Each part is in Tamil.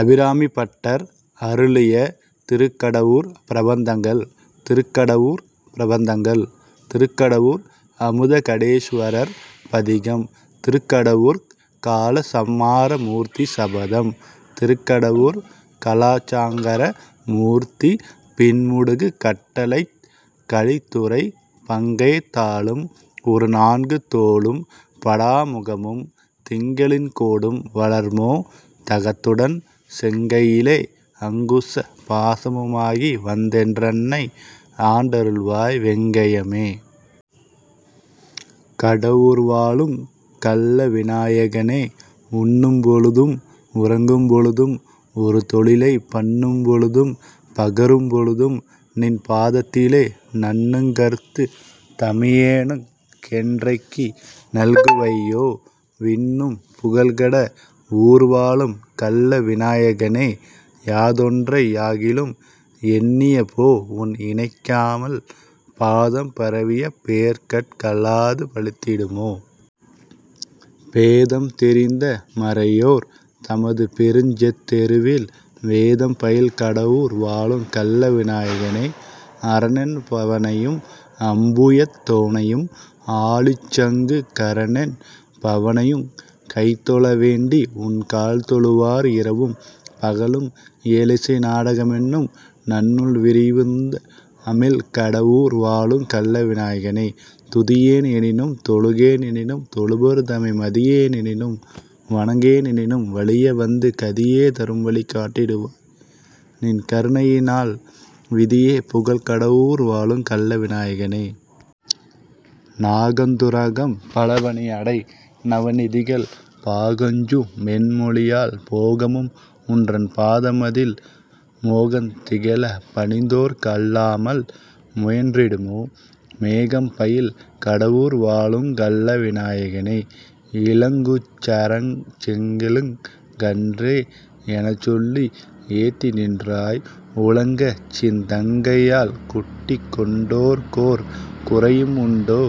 அபிராமிபட்டர் அருளிய திருக்கடவூர் பிரபந்தங்கள் திருக்கடவூர் பிரபந்தங்கள். திருக்கடவூர் அமுதகடேசுவரர் பதிகம். திருக்கடவூர்க் காலசம்மாரமூர்த்தி சபதம். திருக்கடவூர்க் கலாசாங்கர மூர்த்தி பின்முடுகு கட்டளைக் கலித்துறை பங்கயத் தாளும் ஒருநான்கு தோளும் படாமுகமும் திங்களின் கோடும் வளர்மோ தகத்துடன் செங்கையிலே அங்குச பாசமு மாகிவந் என்றன்னை ஆண்டருள்வாய்; வெங்கய மே! கட வூர்வாழுங் கள்ள விநாயகனே!. உண்ணும் பொழுதும் உறங்கும் பொழுதும் ஒருதொழிலைப் பண்ணும் பொழுதும் பகரும் பொழுதும்நின் பாதத்திலே நண்ணுங் கருத்துத் தமியேனுக் கென்றைக்கு நல்குவையோ? விண்ணும் புகழ்கட வூர்வாழும் கள்ள விநாயகனே!. யாதொன்றை யாகிலும் எண்ணிய போ உன் இணைக்கமல் பாதம் பரவிய பேர்கட் கலாது பலித்திடுமோ? பேதம் தெரிந்த மறையோர் தமது பெருச்சத்தெருவில் வேதம் பயில்கட வூர்வாழுங் கள்ள விநாயகனே!. அரனென் பவனையும் அம்புயத் தோனையும் ஆழிசங்கு கரனென் பவனையுங் கைதொழ வேண்டி உன் கால்தொழுவார் இரவும் பகலும் இயலிசை நாடக மென்னும் நன்னூல் விரிவுந் தமிழ்க்கட வூர்வாழுங் கள்ள விநாயகனே!. துதியேன் எனினும் தொழுகேன் எனினும் தொழுபவர்தமை மதியேன் எனினும் வணங்கேன் எனினும் வலியவந்து கதியே தரும்வழி காட்டிடுவாய்; நின் கருணையினால் விதியே புகழ்க்கட வூர்வாழுங் கள்ள விநாயகனே!. நாக ந்துரகம் பலபணி அடை நவநிதிகள் பாகஞ்சு மென்மொழியாள் போகமும் உன்றன் பாதமதில் மோகந் திகழப் பணிந்தோர்க் அலாமல் முயன்றிடுமோ? மேகம் பயில்கட வூர்வாழுங் கள்ள விநாயகனே!. இளங்குஞ் சரச்செழுங் கன்றே! எனச்சொலி ஏத்திநின்றாய் உளங்கசிந் தங்கையால் குட்டிக்கொண் டோர்க்கோர் குறையுமுண்டோ?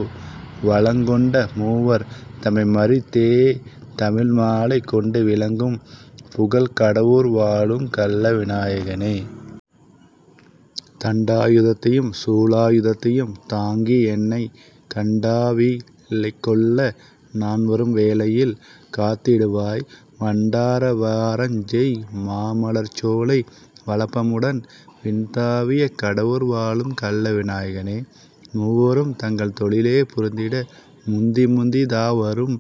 வளங்கொண்ட மூவர் தமைமறித் தேதமிழ் மாலைகொண்டு விளங்கும் புகழ்க்கட வூர்வாழுங் கள்ள விநாயகனே!. தண்டாயுதத்தையும் சூலாயுதத்தையும் தாங்கியென்னைக் கண்டாவிகொள்ள நான் வரும் வேளையில் காத்திடுவாய் வண்டாரவாரஞ்செய் மாமலர்ச்சோலை வளப்பமுடன் விண்தாவிய கடவூர் வாழும் கள்ள விநாயகனே. மூவரும் தங்கள் தொழிலே புரிந்திட முந்திமுந்தித் தாவரும்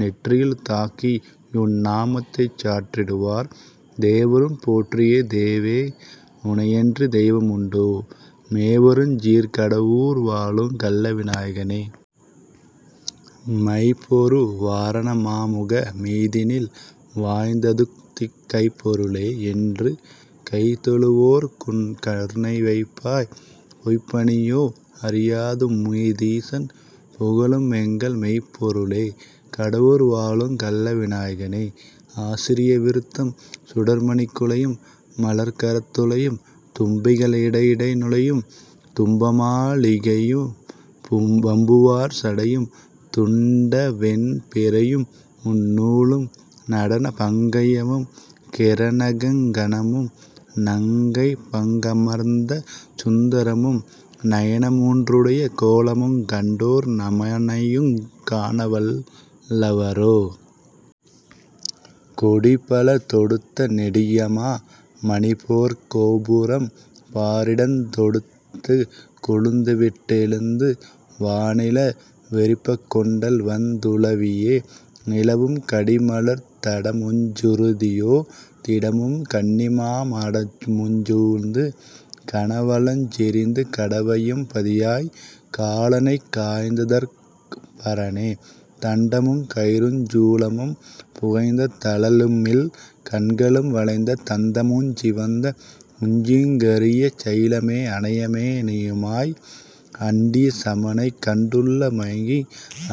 நெற்றியில் தாக்கியுன் நாமத்தைச் சாற்றிடுவார்; தேவரும் போற்றிய தேவே! உனையன்றித் தெய்வமுண்டோ? மேவருஞ் சீர்கட வூர்வாழுங் கள்ள விநாயகனே!. மைப்பொரு வாரண மாமுக மீதினில் வாய்ந்ததுதிக் கைப்பொரு ளே! என்று கைதொழு வோர்குன் கருணைவைப்பாய்; பொய்ப்பணி யோஅறி யாதமு தீசன் புகழுமெங்கள் மெய்ப்பொருளே! கட வூர்வாழுங் கள்ள விநாயகனே!. ஆசிரிய விருத்தம் சுடர்மணிக் குழையும் மலர்க்கரத் துழையும் தும்பிகள் இடையிடை நுழையும் தும்பமா லிகைபும் வம்புவார் சடையும் துண்டவெண் பிறையுமுந் நூலும் நடனபங் கயமும் கிரணகங் கணமும் நங்கைபங் கமர்ந்தசுந் தரமும் நயனமூன் றுடைய கோலமுங் கண்டோர் நமனையுங் காணவல் லவரோ? கொடிபல தொடுத்த நெடியமா மணிபொற் கோபுரம் பாரிடந் தொடுத்துக் கொழுந்துவிட் டெழுந்து வாணில வெறிப்பக் கொண்டல் வந் துலவியே நிலவும் கடிமலர்த் தடமுஞ் சுருதியோ திடமும் கன்னிமா மாடமுஞ் சூழ்ந்து கனவளஞ் செறிந்த கடவையம் பதியாய்! காலனைக் காய்ந்ததற் பரனே!. தண்டமுங் கயிறுஞ் சூலமும் புகைந்த தழலுமிழ் கண்களும் வளைந்த தந்தமுஞ் சிவந்த குஞ்சியுங் கரிய சைலமே அனையமே னியுமாய் அண்டிய சமனைக் கண்டுள்ள மயங்கி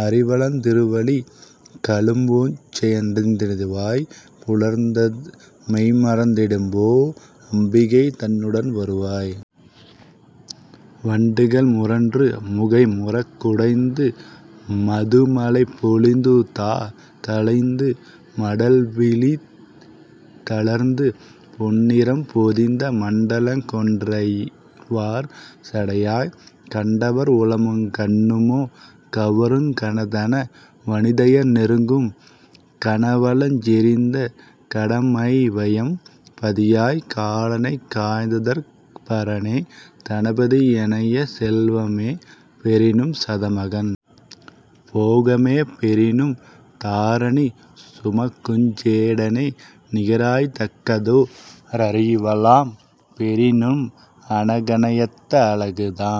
அறிவழந் திருவிழி களும்பஞ் அடைந்துவாய் புலர்ந்து மெய்மறந் திடும்போ அம்பிகை தன்னுடன் வருவாய்! வண்டுகள் முரன்று முகைமுறுக் குடைந்து மதுமழை பொழிந்துதா தளைந்து மடல்விரிந் தலர்ந்து பொன்னிறம் பொதிந்த மண்டலங் கொன்றைவார் சடையாய்! கண்டவர் உளமுங் கண்ணுமோ கவருங் கனதன வனிதையர் நெருங்கும் கனவளஞ் செறிந்த கடமைவையம் பதியாய்! காலனைக் காய்ந்ததற் பரனே!. தனபதி யனைய செல்வமே பெறினும் சதமகன் போகமே பெறினும் தாரணி சுமக்குஞ் சேடனே நிகராய்த் தக்கதோ ரறிவெலாம் பெறினும் அனகனையத்த அழகுதான்